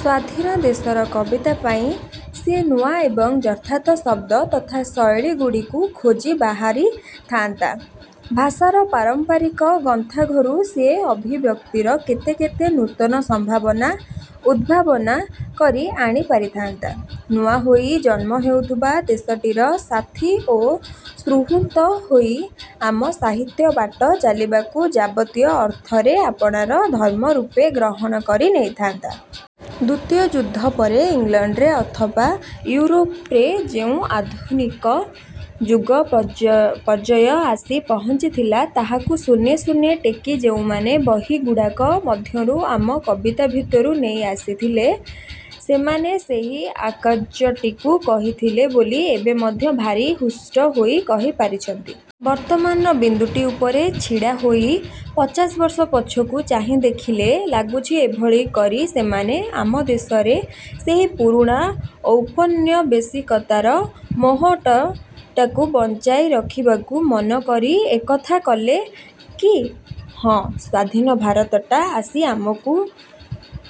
ସ୍ଵାଧୀନ ଦେଶର କବିତା ପାଇଁ ସିଏ ନୂଆ ଏବଂ ଯଥାର୍ଥ ଶବ୍ଦ ତଥା ଶୈଳୀଗୁଡ଼ିକୁ ଖୋଜି ବାହାରିଥାନ୍ତା। ଭାଷାର ପାରମ୍ପରିକ ଗନ୍ତାଘରୁ ସିଏ ଅଭିବ୍ୟକ୍ତିର କେତେ କେତେ ନୂତନ ସମ୍ଭାବନା ଉଦ୍ଭାବନ କରି ଆଣି ପାରିଥାନ୍ତା। ନୂଆ ହୋଇ ଜନ୍ମ ହେଉଥିବା ଦେଶଟିର ସାଥୀ ଓ ସୁହୃତ ହୋଇ ଆମ ସାହିତ୍ୟ ବାଟ ଚାଲିବାକୁ ଯାବତୀୟ ଅର୍ଥରେ ଆପଣାର ଧର୍ମରୂପେ ଗ୍ରହଣ କରି ନେଇଥାନ୍ତା। ଦ୍ଵିତୀୟ ଯୁଦ୍ଧ ପରେ ଇଂଲଣ୍ଡରେ ଅଥବା ଇଉରୋପରେ ଯେଉଁ ଆଧୁନିକ ଯୁଗପର୍ଯ୍ୟାୟ ଆସି ପହଞ୍ଚିଥିଲା ତାହାକୁ ଶୂନ୍ୟେ ଶୂନ୍ୟେ ଟେକି ଯେଉଁମାନେ ବହିଗୁଡ଼ାକ ମଧ୍ୟରୁ ଆମ କବିତା ଭିତରକୁ ନେଇ ଆସିଲେ, ସେମାନେ ସେହି ଅକାର୍ଯ୍ୟଟିକୁ କରିଥିଲେ ବୋଲି ଏବେ ମଧ୍ୟ ଭାରି ହୃଷ୍ଟ ହୋଇ କହି ପାରୁଛନ୍ତି। ବର୍ତ୍ତମାନର ବିନ୍ଦୁଟି ଉପରେ ଛିଡ଼ାହୋଇ ପଚାଶବର୍ଷ ପଛକୁ ଚାହିଁ ଦେଖିଲେ ଲାଗୁଛି ଏଭଳି କରି ସେମାନେ ଆମ ଦେଶରେ ସେହି ପୁରୁଣା ଔପନିବେଶିକତାର ମୋହଟାକୁ ବଞ୍ଚାଇ ରଖିବାକୁ ମନ କରି ଏକଥା କଲେ କି? ହଁ ସ୍ୱାଧୀନ ଭାରତଟା ଆସି ଆମକୁ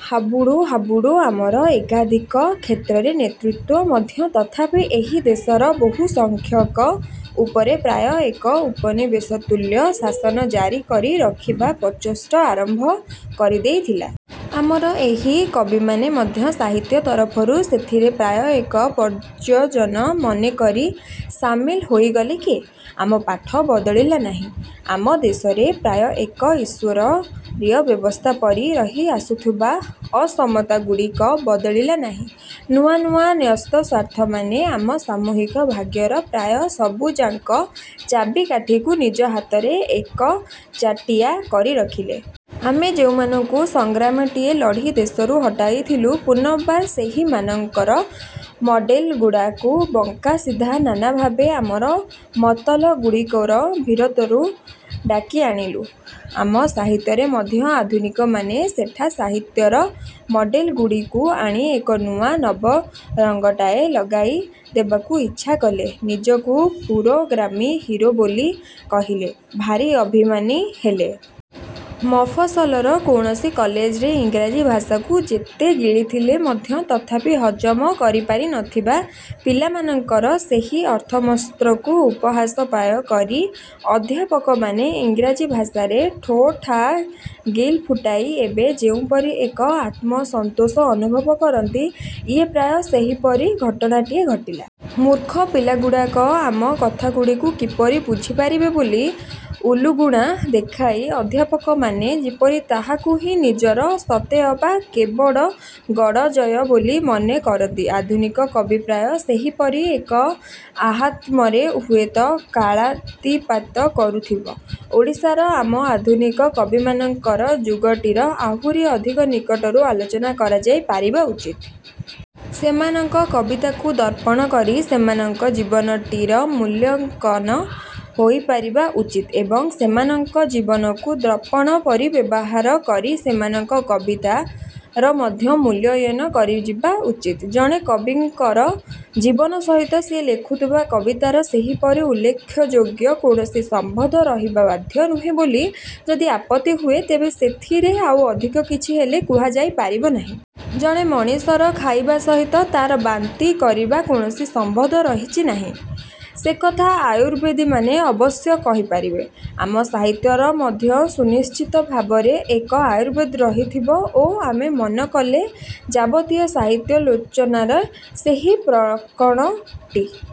ହାବୁଡୁ ହାବୁଡୁ ଆମର ଏକାଧିକ କ୍ଷେତ୍ରରେ ନେତୃତ୍ଵ ମଧ୍ୟ ତଥାପି ଏହି ଦେଶର ବହୁସଂଖ୍ୟକଙ୍କ ଉପରେ ପ୍ରାୟ ଏକ ଉପନିବେଶତୁଲ୍ୟ ଶାସନ ଜାରି କରି ରଖିବା ପ୍ରଚେଷ୍ଟା ଆରମ୍ଭ କରି ଦେଇଥିଲା। ଆମର ଏହି କବିମାନେ ମଧ୍ୟ ସାହିତ୍ୟ ତରଫରୁ ସେଥିରେ ପ୍ରାୟ ଏକ ପ୍ରୟୋଜନ ମନେକରି ସାମିଲ ହୋଇଗଲେ କି? ଆମ ପାଠ ବଦଳିଲା ନାହିଁ। ଆମ ଦେଶରେ ପ୍ରାୟ ଏକ ଈଶ୍ୱରୀୟ ବ୍ୟବସ୍ଥା ପରି ରହି ଆସୁଥିବା ଅସମତାଗୁଡ଼ିକ ବଦଳିଲା ନାହିଁ, ନୂଆ ନୂଆ ନ୍ୟସ୍ତସ୍ୱାର୍ଥମାନେ ଆମ ସାମୂହିକ ଭାଗ୍ୟର ପ୍ରାୟ ସବୁଯାକ ଚାବିକାଠିକୁ ନିଜ ହାତରେ ଏକଚାଟିଆ କରି ରଖିଲେ। ଆମେ ଯେଉଁମାନଙ୍କୁ ସଂଗ୍ରାମଟିଏ ଲଢ଼ି ଦେଶରୁ ହଟାଇଥିଲୁ, ପୁନର୍ବାର ସେହିମାନଙ୍କର ମଡ଼େଲଗୁଡ଼ାକୁ ବଙ୍କା ସିଧା ନାନାଭାବେ ଆମର ମତଲଗୁଡ଼ିକର ଭିତରକୁ ଡାକି ଆଣିଲୁ। ଆମ ସାହିତ୍ୟରେ ମଧ୍ୟ ଆଧୁନିକମାନେ ସେଠା ସାହିତ୍ୟର ମଡ଼େଲଗୁଡ଼ିକୁ ଆଣି ଏକ ନୂଆ ନବରଙ୍ଗଟାଏ ଲଗାଇ ଦେବାକୁ ଇଚ୍ଛା କଲେ। ନିଜକୁ ପୁରୋଗାମୀ ହିରୋ ବୋଲି କହିଲେ, ଭାରି ଅଭିମାନୀ ହେଲେ। ମଫସଲର କୌଣସି କଲେଜରେ ଇଂରାଜୀ ଭାଷାକୁ ଯେତେ ଗିଳିଥିଲେ ମଧ୍ୟ ତଥାପି ହଜମ କରିପାରି ନଥିବା ପିଲାମାନଙ୍କର ସେହି ଅସମର୍ଥତାକୁ ଉପହାସପ୍ରାୟ କରି ଅଧ୍ୟାପକମାନେ ଇଂରାଜୀ ଭାଷାର ଠୋ ଠା ଗିଲ ଫୁଟାଇ ଏବେ ଯେଉଁପରି ଏକ ଆତ୍ମସନ୍ତୋଷ ଅନୁଭବ କରନ୍ତି, ଇଏ ପ୍ରାୟ ସେହିପରି ଘଟଣାଟିଏ ଘଟିଲା। ମୂର୍ଖ ପିଲାଗୁଡ଼ାକ ଆମ କଥାଗୁଡ଼ିକୁ କିପରି ବୁଝିପାରିବେ ବୋଲି ଉଲୁଗୁଣା ଦେଖାଇ ଅଧ୍ୟାପକମାନେ ଯେପରି ତାହାକୁ ହିଁ ନିଜର ସତେଅବା କେଡ଼େବଡ଼ ଗଡ଼ଜୟ ବୋଲି ମନେ କରନ୍ତି, ଆଧୁନିକ କବି ପ୍ରାୟ ସେହିପରି ଏକ ଆହ୍ଲାଦରେ ହୁଏତ କାଳାତିପାତ କରୁଥିବ। ଓଡ଼ିଶାର ଆମ ଆଧୁନିକ କବିମାନଙ୍କର ଯୁଗଟିର ଆହୁରି ଅଧିକ ନିକଟରୁ ଆଲୋଚନା କରାଯାଇ ପାରିବା ଉଚିତ। ସେମାନଙ୍କ କବିତାକୁ ଦର୍ପଣ କରି ସେମାନଙ୍କର ଜୀବନଟିର ମୂଲ୍ୟାଙ୍କନ ହୋଇପାରିବା ଉଚିତ୍ ଏବଂ ସେମାନଙ୍କ ଜୀବନକୁ ଦର୍ପଣ ପରି ବ୍ୟବହାର କରି ସେମାନଙ୍କ କବିତାର ମଧ୍ୟ ମୂଲ୍ୟାୟନ କରାଯିବା ଉଚିତ୍। ଜଣେ କବିର ଜୀବନ ସହିତ ସିଏ ଲେଖୁଥିବା କବିତାର ସେପରି ଉଲ୍ଲେଖଯୋଗ୍ୟ କୌଣସି ସମ୍ବନ୍ଧ ରହିବା ବାଧ୍ୟ ନୁହେଁ ବୋଲି ଯଦି ଆପତ୍ତି ହୁଏ, ତେବେ ସେଥିରେ ଆଉ ଅଧିକ କିଛି ହେଲେ କୁହାଯାଇ ପାରିବ ନାହିଁ। ଜଣେ ମଣିଷର ଖାଇବା ସହିତ ତାର ବାନ୍ତି କରିବାର କୌଣସି ସମ୍ବନ୍ଧ ରହିଛି କି ନାହିଁ, ସେକଥା ଆୟୁର୍ବେଦୀମାନେ ଅବଶ୍ୟ କହିପାରିବେ। ଆମ ସାହିତ୍ୟର ମଧ୍ୟ ସୁନିଶ୍ଚିତ ଭାବରେ ଏକ ଆୟୁର୍ବେଦ ରହିଥିବ ଓ ଆମେ ମନ କଲେ ଯାବତୀୟ ସାହିତ୍ୟାଲୋଚନାରେ ସେହି ପ୍ରକରଣଟିକୁ